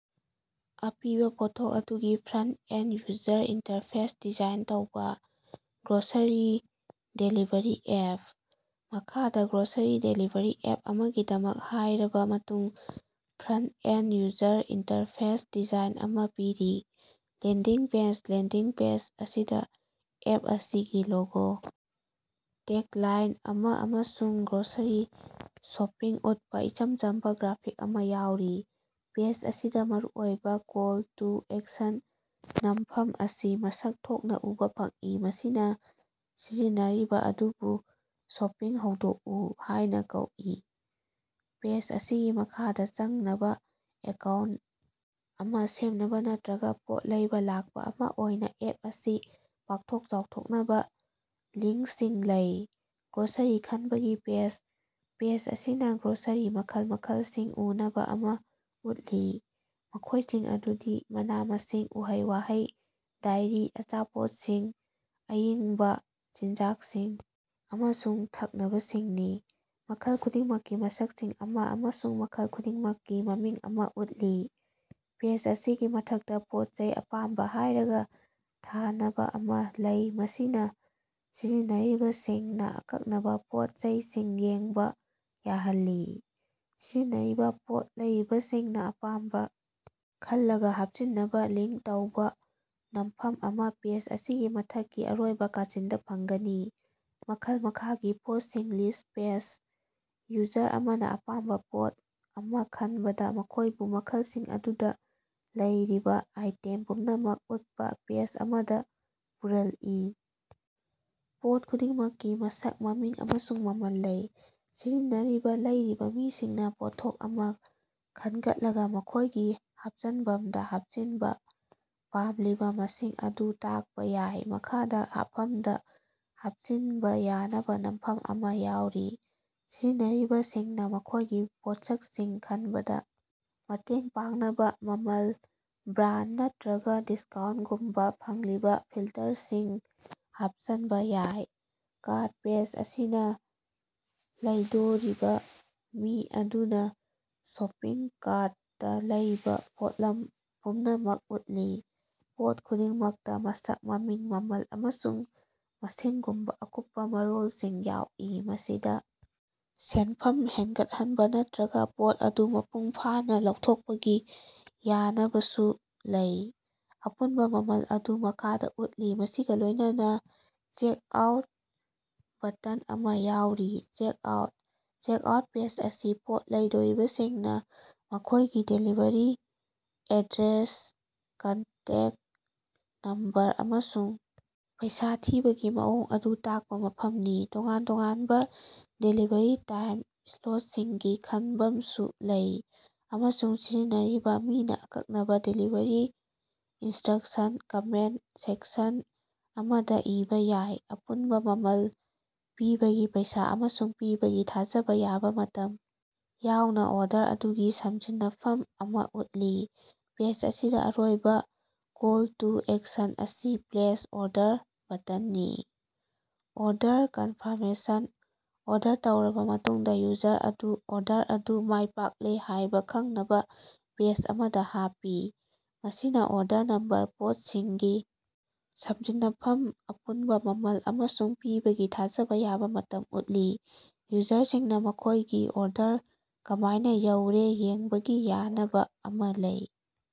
ꯑꯄꯤꯕ ꯄꯣꯠꯊꯣꯛ ꯑꯗꯨꯒꯤ front end user interface design ꯇꯧꯕꯥ꯫ Grocery delivery app. ꯃꯈꯥꯗ ꯒ꯭ꯔꯣꯁꯔꯤ ꯗꯦꯂꯤꯕꯔꯤ ꯑꯦꯞ ꯑꯃꯒꯤꯗꯃꯛ ꯍꯥꯏꯔꯕ ꯃꯇꯨꯡ ꯐ꯭ꯔꯟꯇ-ꯑꯦꯟꯗ ꯌꯨꯖꯔ ꯏꯟꯇꯔꯐꯦꯁ ꯗꯤꯖꯥꯏꯟ ꯑꯃ ꯄꯤꯔꯤ: ꯂꯦꯟꯗꯤꯡ ꯄꯦꯖ: ꯂꯦꯟꯗꯤꯡ ꯄꯦꯖ ꯑꯁꯤꯗꯥ ꯑꯦꯞ ꯑꯁꯤꯒꯤ ꯂꯣꯒꯣ, ꯇꯦꯒꯂꯥꯏꯟ ꯑꯃ ꯑꯃꯁꯨꯡ ꯒ꯭ꯔꯣꯁꯔꯤ ꯁꯣꯄꯤꯡ ꯎꯠꯄꯥ ꯏꯆꯝ ꯆꯝꯕ ꯒ꯭ꯔꯥꯐꯤꯛ ꯑꯃ ꯌꯥꯎꯔꯤ꯫ ꯄꯦꯖ ꯑꯁꯤꯗꯥ ꯃꯔꯨꯑꯣꯏꯕ ꯀꯣꯜ-ꯇꯨ-ꯑꯦꯛꯁꯟ ꯅꯝꯐꯝ ꯑꯁꯤ ꯃꯁꯛ ꯊꯣꯛꯅ ꯎꯕꯥ ꯐꯪꯏ ꯃꯁꯤꯅ ꯁꯤꯖꯤꯟꯅꯔꯤꯕ ꯑꯗꯨꯕꯨ "ꯁꯣꯄꯤꯡ ꯍꯧꯗꯣꯡꯎ" ꯍꯥꯢꯅ ꯀꯧꯏ꯫ ꯄꯦꯖ ꯑꯁꯤꯒꯤ ꯃꯈꯥꯗ ꯆꯪꯅꯕ ꯑꯦꯀꯥꯎꯟ ꯑꯃ ꯁꯦꯝꯅꯕ ꯅꯠꯇ꯭ꯔꯒ ꯄꯣꯠ ꯂꯩꯕ ꯂꯥꯛꯄ ꯑꯃ ꯑꯣꯏꯅ ꯑꯦꯞ ꯑꯁꯤ ꯄꯥꯛꯊꯣꯛ ꯆꯥꯎꯊꯣꯛꯅꯕ ꯂꯤꯡꯁꯤꯡ ꯂꯩ꯫ ꯒ꯭ꯔꯣꯁꯔꯤ ꯈꯟꯕꯒꯤ ꯄꯦꯖ: ꯄꯦꯖ ꯑꯁꯤꯅ ꯒ꯭ꯔꯣꯁꯔꯤ ꯃꯈꯜ ꯃꯈꯜꯁꯤꯡ ꯎꯅꯕ ꯑꯃ ꯎꯠꯂꯤ ꯃꯈꯣꯢꯁꯤꯡ ꯑꯗꯨꯗꯤ ꯃꯅꯥ-ꯃꯁꯤꯡ ꯎꯍꯩ-ꯋꯥꯍꯩ, ꯗꯥꯏꯔꯤ, ꯑꯆꯥꯄꯣꯠꯁꯤꯡ, ꯑꯏꯪꯕ ꯆꯤꯟꯖꯥꯛꯁꯤꯡ ꯑꯃꯁꯨꯡ ꯊꯛꯅꯕꯁꯤꯡꯅꯤ꯫ ꯃꯈꯜ ꯈꯨꯗꯤꯡꯃꯛꯀꯤ ꯃꯁꯛꯁꯤꯡ ꯑꯃ ꯑꯃꯁꯨꯡ ꯃꯈꯜ ꯈꯨꯗꯤꯡꯃꯛꯀꯤ ꯃꯃꯤꯡ ꯑꯃ ꯎꯠꯂꯤ꯫ ꯄꯦꯖ ꯑꯁꯤꯒꯤ ꯃꯊꯛꯇ ꯄꯣꯠ ꯆꯩ ꯑꯄꯥꯝꯕ ꯍꯥꯏꯔꯒ ꯊꯥꯅꯕ ꯑꯃꯥ ꯂꯩ ꯃꯁꯤꯅ ꯁꯤꯖꯤꯟꯅꯔꯤꯕꯁꯤꯡꯅ ꯑꯀꯛꯅꯕ ꯄꯣꯠ ꯆꯩꯁꯤꯡ ꯌꯦꯡꯕ ꯌꯥꯍꯜꯂꯤ꯫ ꯁꯤꯖꯤꯟꯅꯔꯤꯕ ꯄꯣꯠ ꯂꯩꯔꯤꯕꯁꯤꯡꯅ ꯑꯄꯥꯝꯕ ꯈꯜꯂꯒ ꯍꯥꯞꯆꯤꯟꯅꯕ ꯂꯤꯡ ꯇꯧꯕ ꯅꯝꯐꯝ ꯑꯃ ꯄꯦꯖ ꯑꯁꯤꯒꯤ ꯃꯊꯛꯀꯤ ꯑꯔꯣꯏꯕ ꯀꯥꯆꯤꯟꯗ ꯐꯪꯒꯅꯤ꯫ ꯃꯈꯜ ꯃꯈꯥꯒꯤ ꯄꯣꯠꯁꯤꯡ ꯂꯤꯁ꯭ꯠ ꯄꯦꯖ: ꯌꯨꯖꯔ ꯑꯃꯅ ꯑꯄꯥꯝꯕ ꯄꯣꯠ ꯑꯃ ꯈꯟꯕꯗ ꯃꯈꯣꯢꯕꯨ ꯃꯈꯜꯁꯤꯡ ꯑꯗꯨꯗ ꯂꯩꯔꯤꯕ ꯑꯥꯏꯇꯦꯝ ꯄꯨꯝꯅꯃꯛ ꯎꯠꯄꯥ ꯄꯦꯖ ꯑꯃꯗ ꯄꯨꯔꯜꯏ꯫ ꯄꯣꯠ ꯈꯨꯗꯤꯡꯃꯛꯀꯤ ꯃꯁꯛ, ꯃꯃꯤꯡ, ꯑꯃꯁꯨꯡ ꯃꯃꯜ ꯂꯩ꯫ ꯁꯤꯖꯤꯟꯅꯔꯤꯕ ꯂꯩꯔꯤꯕ ꯃꯤꯁꯤꯡꯅ ꯄꯣꯠꯊꯣꯛ ꯑꯃ ꯈꯟꯒꯠꯂꯒ ꯃꯈꯣꯢꯒꯤ ꯍꯥꯞꯆꯟꯕꯝꯗ ꯍꯥꯞꯆꯤꯟꯕ ꯄꯥꯝꯂꯤꯕ ꯃꯁꯤꯡ ꯑꯗꯨ ꯇꯥꯛꯄꯥ ꯌꯥꯏ ꯃꯈꯥꯗꯥ ꯍꯥꯞꯐꯝꯗ ꯍꯥꯞꯆꯤꯟꯕ ꯌꯥꯅꯕ ꯅꯝꯐꯝ ꯑꯃ ꯌꯥꯎꯔꯤ꯫ ꯁꯤꯖꯤꯟꯅꯔꯤꯕ ꯁꯤꯡꯅ ꯃꯈꯣꯢꯒꯤ ꯄꯣꯠꯁꯛꯁꯤꯡ ꯈꯟꯕꯗ ꯃꯇꯦꯡ ꯄꯥꯡꯅꯕ ꯃꯃꯜ, ꯕ꯭ꯔꯥꯟꯗ ꯅꯠꯇ꯭ꯔꯒ ꯗꯤꯁꯀꯥꯎꯟꯇꯒꯨꯝꯕ ꯐꯪꯂꯤꯕ ꯐꯤꯜꯇꯔꯁꯤꯡ ꯍꯥꯞꯆꯟꯕ ꯌꯥꯏ꯫ ꯀꯥꯔꯠ ꯄꯦꯖ ꯑꯁꯤꯅꯥ ꯂꯩꯗꯣꯔꯤꯕ ꯃꯤ ꯑꯗꯨꯅ ꯁꯣꯄꯤꯡ ꯀꯥꯔꯠꯇꯥ ꯂꯩꯕꯥ ꯄꯣꯠꯂꯝ ꯄꯨꯝꯅꯃꯛ ꯎꯠꯂꯤ꯫ ꯄꯣꯠ ꯈꯨꯗꯤꯡꯃꯛꯇ ꯃꯁꯛ, ꯃꯃꯤꯡ, ꯃꯃꯜ, ꯑꯃꯁꯨꯡ ꯃꯁꯤꯡꯒꯨꯝꯕ ꯑꯀꯨꯞꯄ ꯃꯔꯣꯜꯁꯤꯡ ꯌꯥꯎꯏ ꯃꯁꯤꯗ ꯁꯦꯟꯐꯝ ꯍꯦꯟꯒꯠꯍꯟꯕ ꯅꯠꯇ꯭ꯔꯒ ꯄꯣꯠ ꯑꯗꯨ ꯃꯄꯨꯡ ꯐꯥꯅ ꯂꯧꯊꯣꯛꯄꯒꯤ ꯌꯥꯅꯕꯁꯨ ꯂꯩ꯫ ꯑꯄꯨꯟꯕꯥ ꯃꯃꯜ ꯑꯗꯨ ꯃꯈꯥꯗ ꯎꯠꯂꯤ ꯃꯁꯤꯒꯥ ꯂꯣꯢꯅꯅꯥ "ꯆꯦꯛꯑꯥꯎꯠ" ꯕꯇꯟ ꯑꯃꯥ ꯌꯥꯎꯔꯤ꯫ ꯆꯦꯀꯑꯥꯎꯠ: ꯆꯦꯛꯑꯥꯎꯠ ꯄꯦꯖ ꯑꯁꯤ ꯄꯣꯠ ꯂꯩꯗꯣꯔꯤꯕꯁꯤꯡꯅ ꯃꯈꯣꯢꯒꯤ ꯗꯦꯂꯤꯕꯔꯤ ꯑꯦꯗ꯭ꯔꯦꯁ, ꯀꯟꯇꯦꯛꯇ ꯅꯝꯕꯔ ꯑꯃꯁꯨꯡ ꯄꯩꯁꯥ ꯊꯤꯕꯒꯤ ꯃꯑꯣꯡ ꯑꯗꯨ ꯇꯥꯛꯄ ꯃꯐꯝꯅꯤ꯫ ꯇꯣꯉꯥꯟ ꯇꯣꯉꯥꯟꯕ ꯗꯦꯂꯤꯕꯔꯤ ꯇꯥꯏꯝ ꯁ꯭ꯂꯣꯠꯁꯤꯡꯒꯤ ꯈꯟꯕꯝꯁꯨ ꯂꯩ ꯑꯃꯁꯨꯡ ꯁꯤꯖꯤꯟꯅꯔꯤꯕ ꯃꯤꯅ ꯑꯀꯛꯅꯕ ꯗꯦꯂꯤꯕꯔꯤ ꯏꯟꯁꯇ꯭ꯔꯛꯁꯟ ꯀꯃꯦꯟꯇ ꯁꯦꯛꯁꯟ ꯑꯃꯗ ꯏꯕꯥ ꯌꯥꯏ꯫ ꯑꯄꯨꯟꯕ ꯃꯃꯜ ꯄꯤꯕꯒꯤ ꯄꯩꯁꯥ ꯑꯃꯁꯨꯡ ꯄꯤꯕꯒꯤ ꯊꯥꯖꯕ ꯌꯥꯕ ꯃꯇꯝ ꯌꯥꯎꯅ ꯑꯣꯔꯗꯔ ꯑꯗꯨꯒꯤ ꯁꯝꯖꯤꯟꯅꯐꯝ ꯑꯃ ꯎꯠꯂꯤ꯫ ꯄꯦꯖ ꯑꯁꯤꯗ ꯑꯔꯣꯏꯕ ꯀꯣꯜ-ꯇꯨ-ꯑꯦꯛꯁꯟ ꯑꯁꯤ "ꯄ꯭ꯂꯦꯁ ꯑꯣꯔꯗꯔ" ꯕꯇꯟꯅꯤ꯫ ꯑꯣꯔꯗꯔ ꯀꯟꯐꯥꯔꯃꯦꯁꯟ: ꯑꯣꯔꯗꯔ ꯇꯧꯔꯕꯥ ꯃꯇꯨꯡꯗ ꯌꯨꯖꯔ ꯑꯗꯨ ꯑꯣꯔꯗꯔ ꯑꯗꯨ ꯃꯥꯢꯄꯥꯛꯂꯦ ꯍꯥꯢꯕ ꯈꯪꯅꯕ ꯄꯦꯖ ꯑꯃꯗ ꯍꯥꯞꯄꯤ꯫ ꯃꯁꯤꯅ ꯑꯣꯔꯗꯔ ꯅꯝꯕꯔ, ꯄꯣꯠꯁꯤꯡꯒꯤ ꯁꯝꯖꯤꯟꯅꯐꯝ ꯑꯄꯨꯟꯕ ꯃꯃꯜ ꯑꯃꯁꯨꯡ ꯄꯤꯕꯒꯤ ꯊꯥꯖꯕ ꯌꯥꯕꯥ ꯃꯇꯝ ꯎꯠꯂꯤ꯫ ꯌꯨꯖꯔꯁꯤꯡꯅ ꯃꯈꯣꯢꯒꯤ ꯑꯣꯔꯗꯔ ꯀꯃꯥꯏꯅ ꯌꯧꯔꯦ ꯌꯦꯡꯕꯒꯤ ꯌꯥꯅꯕ ꯑꯃ ꯂꯩ꯫